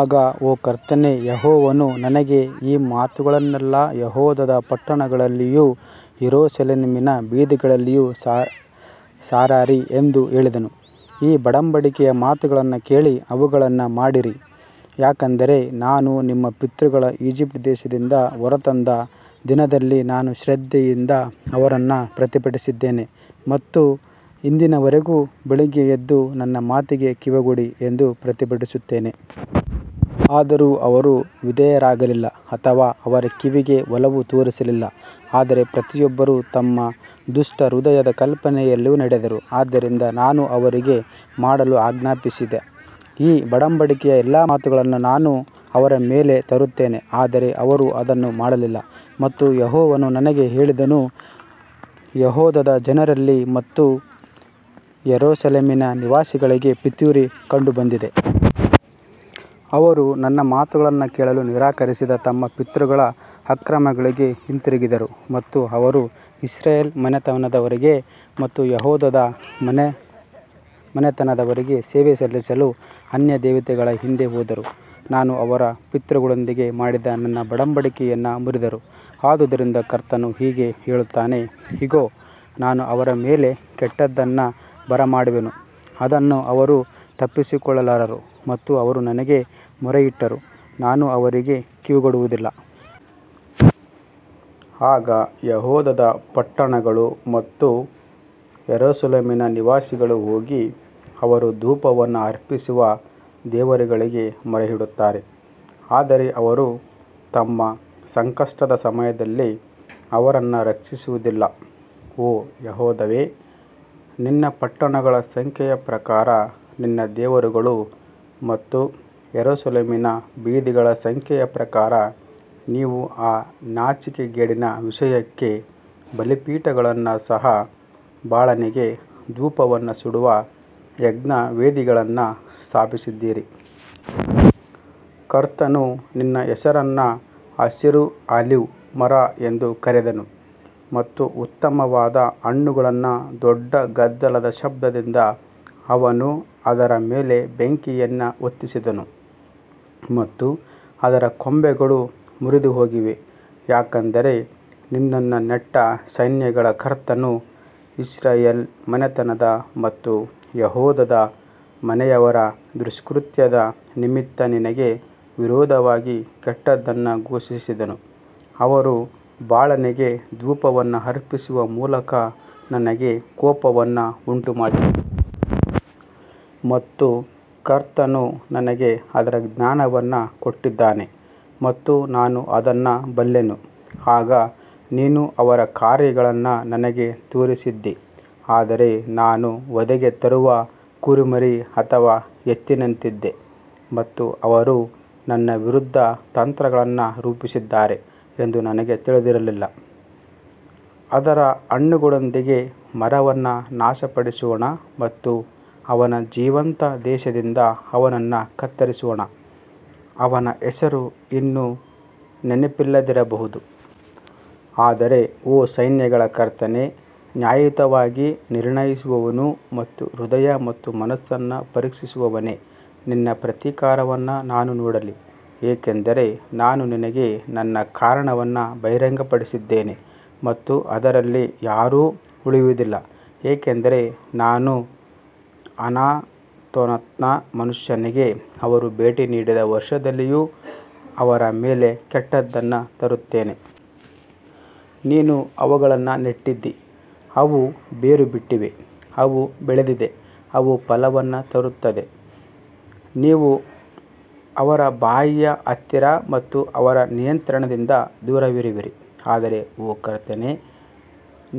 ಆಗ ಓ ಕರ್ತನೇ, ಯೆಹೋವನು ನನಗೆ ಈ ಮಾತುಗಳನ್ನೆಲ್ಲಾ ಯೆಹೂದದ ಪಟ್ಟಣಗಳಲ್ಲಿಯೂ ಯೆರೂಸಲೇಮಿನ ಬೀದಿಗಳಲ್ಲಿಯೂ ಸಾರಿರಿ ಎಂದು ಹೇಳಿದನು. ಈ ಒಡಂಬಡಿಕೆಯ ಮಾತುಗಳನ್ನು ಕೇಳಿ ಅವುಗಳನ್ನು ಮಾಡಿರಿ, ಯಾಕಂದರೆ ನಾನು ನಿಮ್ಮ ಪಿತೃಗಳನ್ನು ಈಜಿಪ್ಟ್ ದೇಶದಿಂದ ಹೊರತಂದ ದಿನದಲ್ಲಿ ನಾನು ಶ್ರದ್ಧೆಯಿಂದ ಅವರನ್ನು ಪ್ರತಿಭಟಿಸಿದ್ದೇನೆ ಮತ್ತು ಇಂದಿನವರೆಗೂ ಬೆಳಿಗ್ಗೆ ಎದ್ದು ನನ್ನ ಮಾತಿಗೆ ಕಿವಿಗೊಡಿ ಎಂದು ಪ್ರತಿಭಟಿಸುತ್ತೇನೆ. ಆದರೂ ಅವರು ವಿಧೇಯರಾಗಲಿಲ್ಲ ಅಥವಾ ಅವರ ಕಿವಿಗೆ ಒಲವು ತೋರಿಸಲಿಲ್ಲ, ಆದರೆ ಪ್ರತಿಯೊಬ್ಬರೂ ತಮ್ಮ ದುಷ್ಟ ಹೃದಯದ ಕಲ್ಪನೆಯಲ್ಲಿ ನಡೆದರು, ಆದ್ದರಿಂದ ನಾನು ಅವರಿಗೆ ಮಾಡಲು ಆಜ್ಞಾಪಿಸಿದ ಈ ಒಡಂಬಡಿಕೆಯ ಎಲ್ಲಾ ಮಾತುಗಳನ್ನು ನಾನು ಅವರ ಮೇಲೆ ತರುತ್ತೇನೆ, ಆದರೆ ಅವರು ಅದನ್ನು ಮಾಡಲಿಲ್ಲ. ಮತ್ತು ಯೆಹೋವನು ನನಗೆ ಹೇಳಿದನು, ಯೆಹೂದದ ಜನರಲ್ಲಿ ಮತ್ತು ಯೆರೂಸಲೇಮಿನ ನಿವಾಸಿಗಳಲ್ಲಿ ಪಿತೂರಿ ಕಂಡುಬಂದಿದೆ. ಅವರು ನನ್ನ ಮಾತುಗಳನ್ನು ಕೇಳಲು ನಿರಾಕರಿಸಿದ ತಮ್ಮ ಪಿತೃಗಳ ಅಕ್ರಮಗಳಿಗೆ ಹಿಂತಿರುಗಿದರು ಮತ್ತು ಅವರು ಇಸ್ರಾಯೇಲ್ ಮನೆತನದವರಿಗೆ ಮತ್ತು ಯೆಹೂದದ ಮನೆತನದವರಿಗೆ ಸೇವೆ ಸಲ್ಲಿಸಲು ಅನ್ಯದೇವತೆಗಳ ಹಿಂದೆ ಹೋದರು, ನಾನು ಅವರ ಪಿತೃಗಳೊಂದಿಗೆ ಮಾಡಿದ ನನ್ನ ಒಡಂಬಡಿಕೆಯನ್ನು ಮುರಿದರು. ಆದದರಿಂದ ಕರ್ತನು ಹೀಗೆ ಹೇಳುತ್ತಾನೆ, ಇಗೋ, ನಾನು ಅವರ ಮೇಲೆ ಕೆಟ್ಟದ್ದನ್ನು ಬರಮಾಡುವೆನು, ಅದನ್ನು ಅವರು ತಪ್ಪಿಸಿಕೊಳ್ಳಲಾರರು ಮತ್ತು ಅವರು ನನಗೆ ಮೊರೆಯಿಟ್ಟರೂ ನಾನು ಅವರಿಗೆ ಕಿವಿಗೊಡುವುದಿಲ್ಲ. ಆಗ ಯೆಹೂದದ ಪಟ್ಟಣಗಳು ಮತ್ತು ಯೆರೂಸಲೇಮಿನ ನಿವಾಸಿಗಳು ಹೋಗಿ ಅವರು ಧೂಪವನ್ನು ಅರ್ಪಿಸುವ ದೇವರುಗಳಿಗೆ ಮೊರೆಯಿಡುತ್ತಾರೆ, ಆದರೆ ಅವರು ತಮ್ಮ ಸಂಕಷ್ಟದ ಸಮಯದಲ್ಲಿ ಅವರನ್ನು ರಕ್ಷಿಸುವುದಿಲ್ಲ. ಓ ಯೆಹೂದವೇ, ನಿನ್ನ ಪಟ್ಟಣಗಳ ಸಂಖ್ಯೆಯ ಪ್ರಕಾರ ನಿನ್ನ ದೇವರುಗಳು ಮತ್ತು ಯೆರೂಸಲೇಮಿನ ಬೀದಿಗಳ ಸಂಖ್ಯೆಯ ಪ್ರಕಾರ ನೀವು ಆ ನಾಚಿಕೆಗೇಡಿನ ವಿಷಯಕ್ಕೆ ಬಲಿಪೀಠಗಳನ್ನು ಸಹ ಬಾಳನಿಗೆ ಧೂಪವನ್ನು ಸುಡುವ ಯಜ್ಞವೇದಿಗಳನ್ನು ಸ್ಥಾಪಿಸಿದ್ದೀರಿ. ಕರ್ತನು ನಿನ್ನ ಹೆಸರನ್ನು ಹಸಿರು ಆಲಿವ್ ಮರ ಎಂದು ಕರೆದನು ಮತ್ತು ಉತ್ತಮವಾದ ಹಣ್ಣುಗಳನ್ನು ದೊಡ್ಡ ಗದ್ದಲದ ಶಬ್ದದಿಂದ ಅವನು ಅದರ ಮೇಲೆ ಬೆಂಕಿಯನ್ನು ಹೊತ್ತಿಸಿದನು ಮತ್ತು ಅದರ ಕೊಂಬೆಗಳು ಮುರಿದುಹೋಗಿವೆ. ಯಾಕಂದರೆ ನಿನ್ನನ್ನು ನೆಟ್ಟ ಸೈನ್ಯಗಳ ಕರ್ತನು ಇಸ್ರಾಯೇಲ್ ಮನೆತನದ ಮತ್ತು ಯೆಹೂದದ ಮನೆಯವರ ದುಷ್ಕೃತ್ಯದ ನಿಮಿತ್ತ ನಿನಗೆ ವಿರುದ್ಧವಾಗಿ ಕೆಟ್ಟದ್ದನ್ನು ಘೋಷಿಸಿದನು, ಅವರು ಬಾಳನಿಗೆ ಧೂಪವನ್ನು ಅರ್ಪಿಸುವ ಮೂಲಕ ನನಗೆ ಕೋಪವನ್ನು ಉಂಟುಮಾಡಿದರು. ಮತ್ತು ಕರ್ತನು ನನಗೆ ಅದರ ಜ್ಞಾನವನ್ನು ಕೊಟ್ಟಿದ್ದಾನೆ ಮತ್ತು ನಾನು ಅದನ್ನು ಬಲ್ಲೆನು, ಆಗ ನೀನು ಅವರ ಕಾರ್ಯಗಳನ್ನು ನನಗೆ ತೋರಿಸಿದ್ದೀ. ಆದರೆ ನಾನು ವಧೆಗೆ ತರುವ ಕುರಿಮರಿ ಅಥವಾ ಎತ್ತಿನಂತಿದ್ದೆ ಮತ್ತು ಅವರು ನನ್ನ ವಿರುದ್ಧ ತಂತ್ರಗಳನ್ನು ರೂಪಿಸಿದ್ದಾರೆ ಎಂದು ನನಗೆ ತಿಳಿದಿರಲಿಲ್ಲ. ಅದರ ಹಣ್ಣುಗಳೊಂದಿಗೆ ಮರವನ್ನು ನಾಶಪಡಿಸೋಣ ಮತ್ತು ಅವನ ಜೀವಂತ ದೇಶದಿಂದ ಅವನನ್ನು ಕತ್ತರಿಸೋಣ, ಅವನ ಹೆಸರು ಇನ್ನು ನೆನಪಿಲ್ಲದಿರಬಹುದು. ಆದರೆ ಓ ಸೈನ್ಯಗಳ ಕರ್ತನೇ, ನ್ಯಾಯಯುತವಾಗಿ ನಿರ್ಣಯಿಸುವವನು ಮತ್ತು ಹೃದಯ ಮತ್ತು ಮನಸ್ಸನ್ನು ಪರೀಕ್ಷಿಸುವವನೇ, ನಿನ್ನ ಪ್ರತೀಕಾರವನ್ನು ನಾನು ನೋಡಲಿ, ಏಕೆಂದರೆ ನಾನು ನಿನಗೆ ನನ್ನ ಕಾರಣವನ್ನು ಬಹಿರಂಗಪಡಿಸಿದ್ದೇನೆ. ಮತ್ತು ಅವರಲ್ಲಿ ಯಾರೂ ಉಳಿಯುವದಿಲ್ಲ, ಏಕೆಂದರೆ ನಾನು ಅನಾತೋತ್ನ ಮನುಷ್ಯರಿಗೆ ಅವರು ಭೇಟಿ ನೀಡಿದ ವರ್ಷದಲ್ಲಿಯೂ ಅವರ ಮೇಲೆ ಕೆಟ್ಟದ್ದನ್ನು ತರುತ್ತೇನೆ. ನೀನು ಅವುಗಳನ್ನು ನೆಟ್ಟಿದ್ದೀ, ಅವು ಬೇರು ಬಿಟ್ಟಿವೆ, ಅವು ಬೆಳೆದಿವೆ, ಅವು ಫಲವನ್ನು ತರುತ್ತವೆ. ನೀವು ಅವರ ಬಾಯಿಯ ಹತ್ತಿರ ಮತ್ತು ಅವರ ನಿಯಂತ್ರಣದಿಂದ ದೂರವಿರುವಿರಿ. ಆದರೆ ಓ ಕರ್ತನೇ,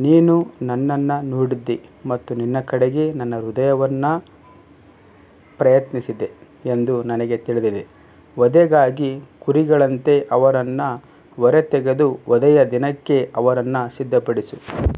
ನೀನು ನನ್ನನ್ನು ನೋಡಿದ್ದೀ ಮತ್ತು ನಿನ್ನ ಕಡೆಗೆ ನನ್ನ ಹೃದಯವನ್ನು ಪ್ರಯತ್ನಿಸಿದೆ ಎಂದು ನನಗೆ ತಿಳಿದಿದೆ. ವಧೆಗಾಗಿ ಕುರಿಗಳಂತೆ ಅವರನ್ನು ಹೊರತೆಗೆದು ವಧೆಯ ದಿನಕ್ಕೆ ಅವರನ್ನು ಸಿದ್ಧಪಡಿಸು.